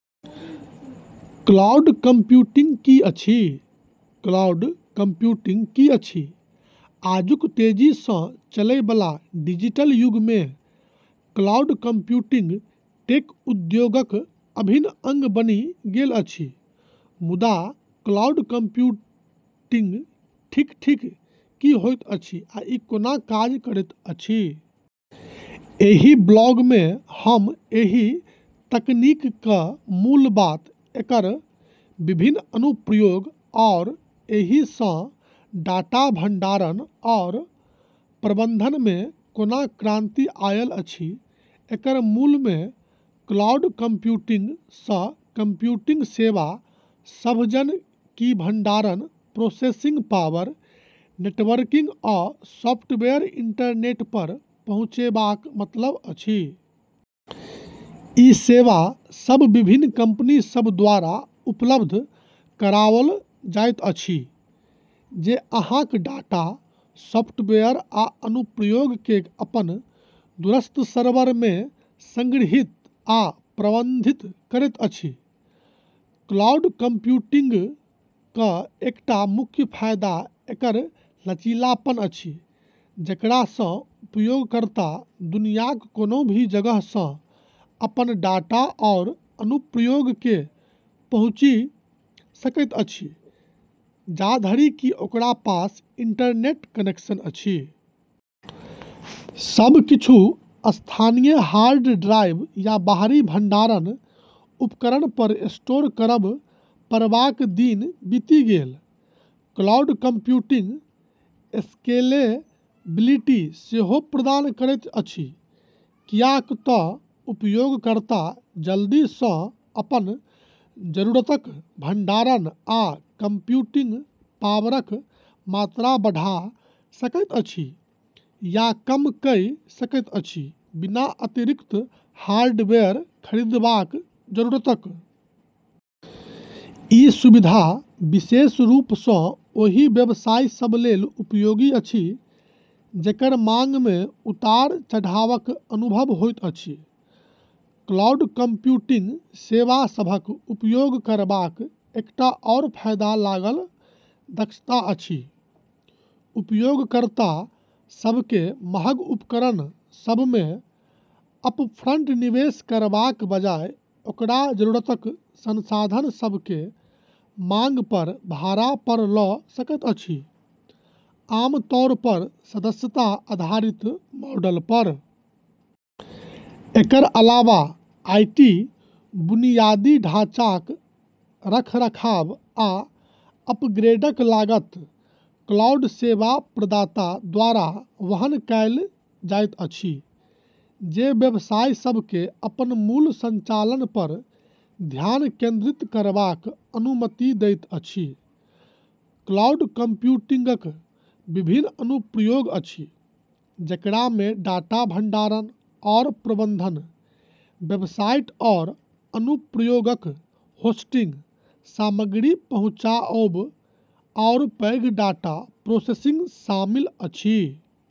Cloud computing की अछि? Cloud computing की अछि? आजुक तेजी सँ चलै बला डिजिटल युग मे क्लाउड कंप्यूटिंग टेक उद्योगक अभिन्न अंग बनि गेल अछि। मुदा क्लाउड कंप्यूटिंग ठीक-ठीक की होइत अछि, आ ई कोना काज करैत अछि? एहि ब्लॉग मे हम एहि तकनीकक मूल बात, एकर विभिन्न अनुप्रयोग, आओर एहि सँ डाटा भंडारण आओर प्रबंधन मे कोना क्रांति आयल अछि। एकर मूल मे क्लाउड कंप्यूटिंग सँ कंप्यूटिंग सेवा सभ-जेना कि भंडारण, प्रोसेसिंग पावर, नेटवर्किंग आओर सॉफ्टवेयर-इंटरनेट पर पहुँचेबाक मतलब अछि। ई सेवा सभ विभिन्न कंपनी सभ द्वारा उपलब्ध कराओल जाइत अछि, जे अहाँक डाटा, सॉफ्टवेयर आ अनुप्रयोग केँ अपन दूरस्थ सर्वर मे संग्रहीत आ प्रबंधित करैत अछि। क्लाउड कंप्यूटिंगक एकटा मुख्य फायदा एकर लचीलापन अछि, जेकरा सँ उपयोगकर्ता दुनियाक कोनो भी जगह सँ अपन डाटा आओर अनुप्रयोग केँ पहुँची सकैत अछि, जाधरि कि ओकरा पास इंटरनेट कनेक्शन अछि। सब किछु स्थानीय हार्ड ड्राइव या बाहरी भंडारण उपकरण पर स्टोर करब पड़बाक दिन बीति गेल। क्लाउड कंप्यूटिंग स्केलेबिलिटी सेहो प्रदान करैत अछि, कियाक तँ उपयोगकर्ता जल्दी सँ अपन जरूरतक भंडारण आ कंप्यूटिंग पावरक मात्रा बढ़ा सकैत अछि या कम कइ सकैत अछि, बिना अतिरिक्त हार्डवेयर खरीदबाक जरूरतक। ई सुविधा विशेष रूप सँ ओहि व्यवसाय सभ लेल उपयोगी अछि, जेकर मांग मे उतार-चढ़ावक अनुभव होइत अछि। क्लाउड कंप्यूटिंग सेवा सभक उपयोग करबाक एकटा आओर फायदा लागत दक्षता अछि। उपयोगकर्ता सभ केँ महग उपकरण सभ मे अपफ्रंट निवेश करबाक बजाय, ओकरा जरूरतक संसाधन सभ केँ मांग पर भाड़ा पर लऽ सकैत अछि, आमतौर पर सदस्यता आधारित मॉडल पर। एकर अलावा आईटी बुनियादी ढाँचाक रखरखाव आ अपग्रेडक लागत क्लाउड सेवा प्रदाता द्वारा वहन कएल जाइत अछि, जे व्यवसाय सभ केँ अपन मूल संचालन पर ध्यान केंद्रित करबाक अनुमति दैत अछि। क्लाउड कंप्यूटिंगक विभिन्न अनुप्रयोग अछि, जेकरा मे डाटा भंडारण आओर प्रबंधन, वेबसाइट आओर अनुप्रयोगक होस्टिंग, सामग्री पहुँचाओब, आओर पैघ डाटा प्रोसेसिंग शामिल अछि।